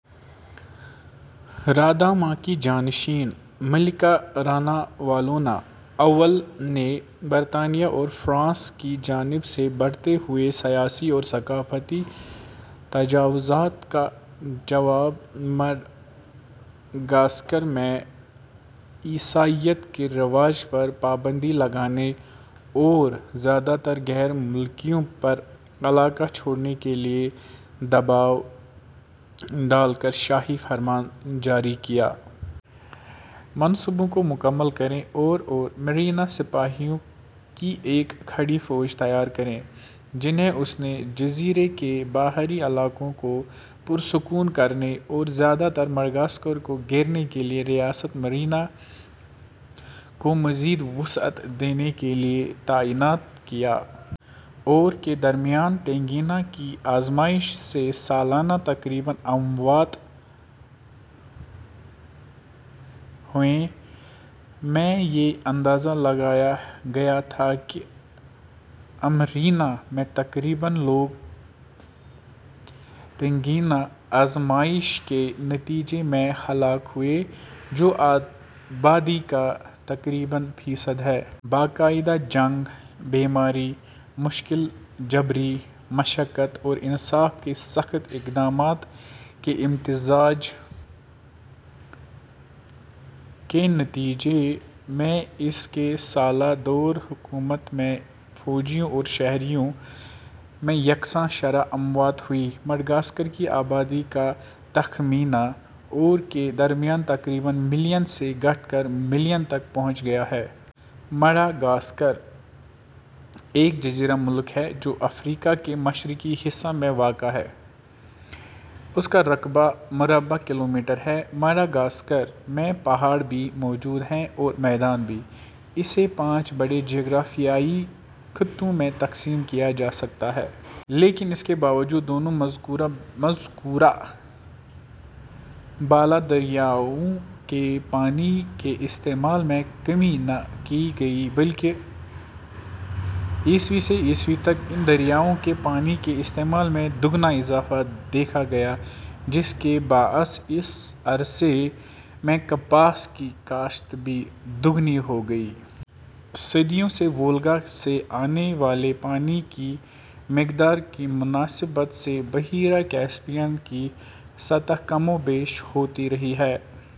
Radama کی جانشین، ملکہ راناوالونا اول نے برطانیہ اور فرانس کی جانب سے بڑھتے ہوئے سیاسی اور ثقافتی تجاوزات کا جواب مڈغاسکر میں عیسائیت کے رواج پر پابندی لگانے اور زیادہ تر غیر ملکیوں پر علاقہ چھوڑنے کے لیے دباؤ ڈال کر شاہی فرمان جاری کیا۔ منصوبوں کو مکمل کریں اور اور مرینا سپاہیوں کی ایک کھڑی فوج تیار کریں، جنھیں اس نے جزیرے کے باہری علاقوں کو پرسکون کرنے اور زیادہ تر مڈغاسکر کو گھیرنے کے لیے ریاست مرینا کو مزید وسعت دینے کے لیے تعینات کیا۔ اور کے درمیان، ٹینگینا کی آزمائش سے سالانہ تقریباً اموات ہوئیں۔ میں، یہ اندازہ لگایا گیا تھا کہ امیرینا میں تقریباً لوگ تنگینا آزمائش کے نتیجے میں ہلاک ہوئے، جو آبادی کا تقریباً فیصد ہے۔ باقاعدہ جنگ، بیماری، مشکل جبری مشقت اور انصاف کے سخت اقدامات کے امتزاج کے نتیجے میں اس کے سالہ دور حکومت میں فوجیوں اور شہریوں میں یکساں شرح اموات ہوئی۔ مڈغاسکر کی آبادی کا تخمینہ اور کے درمیان تقریباً ملین سے گھٹ کر ملین تک پہنچ گیا ہے۔ ماڈاگاسکار ایک جزیرہ ملک ہے، جو افریقا کے مشرقی حصہ میں واقع ہےـ اس کا رقبہ ، مربع کلومیٹر ہےـ ماڈاگاسکار میں پہاڑ بھی موجود ہیں اور میدان بھی، اسے پانچ بڑے جغرافیائی خطوں میں تقسیم کیا جا سکتا ہے:۔ لیکن اس کے باوجود دونوں مذکورہ بالا دریاؤں کے پانی کے استعمال میں کمی نہ کی گئی بلکہ ء سے ء تک ان دریاؤں کے پانی کے استعمال میں دگنا اضافہ دیکھا گیا جس کے باعث اس عرصے میں کپاس کی کاشت بھی دوگنی ہو گئی۔ صدیوں سے وولگا سے آنے والے پانی کی مقدار کی مناسبت سے بحیرہ کیسپیئن کی سطح کم و بیش ہوتی رہی ہے۔